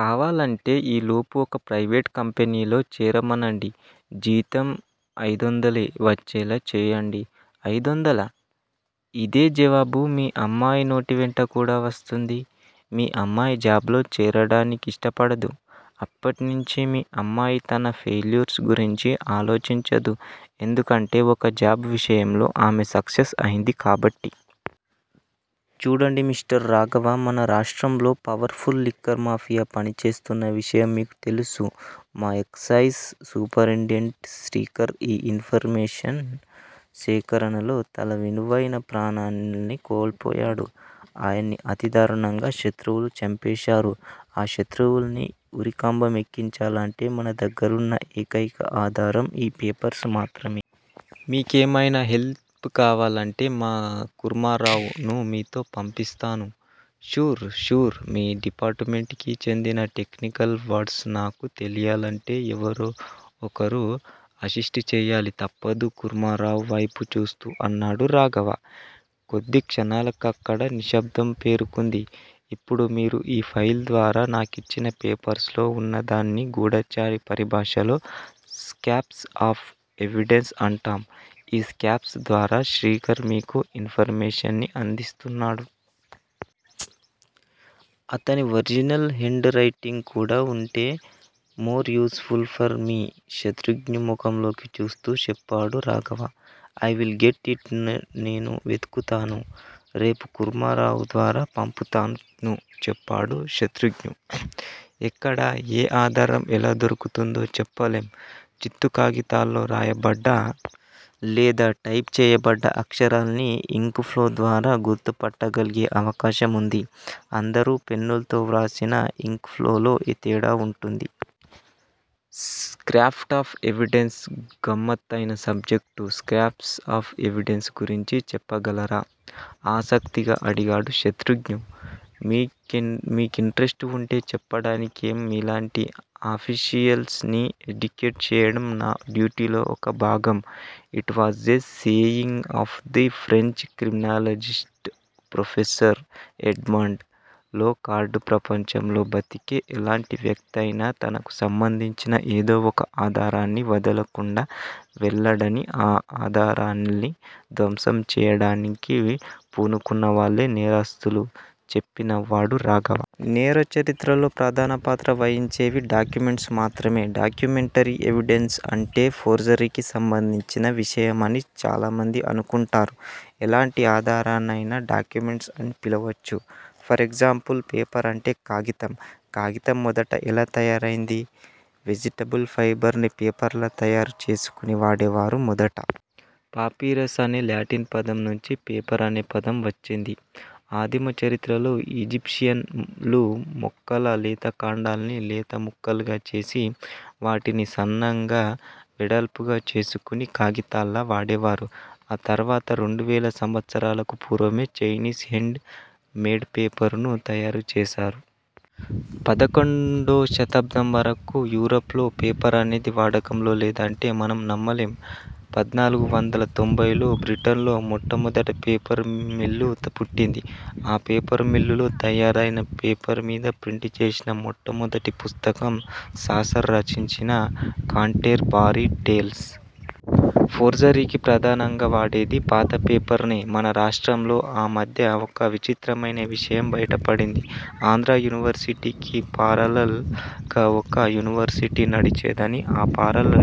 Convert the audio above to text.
కావాలంటే ఈలోపు ఒక ప్రైవేట్ కంపెనీలో చేరమనండి- జీతం ఐదొందలే వచ్చేలా చేయండి. ఐదొందలా? ఇదే జవాబు మీ అమ్మాయి నోటివెంట కూడా వస్తుంది. మీ అమ్మాయి జాబ్ లో చేరడానికిష్ట పడదు. అప్పట్నించి మీ అమ్మాయి తన ఫెయిల్యూర్స్ గురించి ఆలోచించదు. ఎందుకంటే ఒక జాబ్ విషయంలో ఆమె సక్సెస్ అయింది కాబట్టి. చూడండి మిస్టర్ రాఘవ మన రాష్ట్రంలో పవర్ ఫుల్ లిక్కర్ మాఫియా పనిచేస్తున్న విషయం మీకు తెలుసు మా ఎక్సయిజ్ సూపరింటెండెంట్ శ్రీకర్ ఈ ఇన్ ఫర్మేషన్ సేకరణలోనే తన విలువైన ప్రాణాల్ని కోల్పోయాడు. ఆయన్ని అతి దారుణంగా శత్రువులు చంపేసారు. ఆ శత్రువుల్ని ఉరికంబం ఎక్కించాలంటే మన దగ్గరున్న ఏకైక ఆధారం ఈ పేపర్స్ మాత్రమే. మీకేమైనా హెల్ప్ కావాలంటే మా కూర్మారావ్ ను మీతో పంపిస్తాను. ష్యూర్ ష్యూర్ మీ డిపార్టుమెంట్ కి చెందిన టెక్నికల్ వర్ద్సు నాకు తెలియాలంటే ఎవరో ఒకరు అసిస్ట్ చెయ్యాలి తప్పదు కూర్మారావు వైపు చూస్తూ అన్నాడు రాఘవ. కొద్ది క్షణాలక్కడ నిశ్శబ్దం పేరుకుంది. ఇప్పుడు మీరు ఈ ఫైల్ ద్వారా నాకిచ్చిన పేపర్స్ లో ఉన్న దాన్ని గూఢచారి పరిభాషలో స్కాప్స్ ఆఫ్ ఎవిడెన్స్ అంటాం- ఈ స్కాప్స్ ద్వారా శ్రీకర్ మీకు ఇన్ ఫర్ మేషన్ ని అందిస్తున్నాడు. అతని ఒరిజినల్ హేండ్ రైటింగు కూడా ఉంటే, more useful for me Shatrughna మొఖంలోకి చూస్తూ చెప్పాడు Raghava. I will get it నేను వెతుకుతాను. రేపు కూర్మారావు ద్వారా పంపుతాను చెప్పాడు శతృఘ్న. ఎక్కడ ఏ ఆధారం ఎలా దొరుకుతుందో చెప్పలేం చిత్తు కాగితాల్లో రాయబడ్డ, లేదా టైప్ చేయబడ్డ అక్షరాల్ని ఇంకు ఫ్లో ద్వారా గుర్తుపట్టగలిగే అవకాశం ఉంది అందరూ పెన్నుల్తో వ్రాసినా ఇంక్ ఫ్లోలో తేడా ఉంటుంది. స్క్రాప్ ఆఫ్ ఎవిడెన్స్ గమ్మత్తయిన సబ్జెక్టు స్క్రాప్స్ ఆఫ్ ఎవిడెన్స్ గురించి చెప్పగలరా? ఆసక్తిగా అడిగాడు శతృఘ్న. మీకింట్రెస్టు ఉంటే చెప్పడానికేం మీలాంటి అఫీషియల్స్ ని ఎడ్యుకేట్ చెయ్యడం నా డ్యూటీలో ఒక భాగం it was a saying of the French criminologist professor Edmond Locard ప్రపంచంలో బతికే ఎలాంటి వ్యక్తయినా తనకు సంబంధించిన ఏదో ఒక ఆధారాన్ని వదలకుండా వెళ్ళడని ఆ ఆధారాల్ని ధ్వంసం చెయ్యడానికి, పూనుకున్నవాళ్ళే నేరస్తులు చెప్పి నవ్వాడు రాఘవ. నేర చరిత్రలో ప్రధానపాత్ర వహించేవి డాక్యుమెంట్స్ మాత్రమే. డాక్యుమెంటరీ ఎవిడెన్స్ అంటే ఫోర్జరీకి సంబంధించిన విషయమని, చాలామంది అనుకుంటారు. ఎలాంటి ఆధారాన్నయినా డాక్యుమెంట్ అని పిలవొచ్చు. ఫర్ ఎగ్జాంపుల్ పేపర్ అంటే కాగితం- కాగితం మొదట ఎలా తయారయింది? వెజిటబుల్ ఫైబర్ ని పేపర్ లా తయారు చేసుకుని వాడేవారు మొదట. పాపిరస్ అనే లాటిన్ పదం నుంచి పేపర్ అనే పదం వచ్చింది. ఆదిమ చరిత్రలో ఈజిప్షియన్ లు మొక్కల లేత కాండాల్ని లేత ముక్కలుగా చేసి, వాటిని సన్నంగా, వెడల్పుగా చేసుకుని కాగితాల్లా వాడేవారు. ఆ తర్వాత రెండువేల సంవత్సరాలకు పూర్వమే చైనీస్ హేండ్ మేడ్ పేపరుని తయారుచేసారు. పదకొండో శతాబ్దం వరకూ యూరప్ లో పేపర్ అనేది వాడకంలో లేదంటే మనం నమ్మలేం- పద్నాలుగు వందల తొంబై లో బ్రిటన్లో మొట్టమొదట పేపర్ మిల్లు పుట్టింది. ఆ పేపర్ మిల్లులో తయారయిన పేపర్ మీద ప్రింట్ చేసిన మొట్టమొదటి పుస్తకం సాసర్ రచించిన కాంటెర్ బారీ టేల్స్. ఫోర్జరీకి ప్రధానంగా వాడేది పాత పేపర్ నే మన రాష్ట్రంలో ఆ మధ్య ఒక విచిత్రమయిన విషయం బయటపడింది. ఆంధ్రా యూనివర్శిటీకి పారలర్ గా ఒక యూనివర్శిటీ నడిచేదని ఆ పారలర్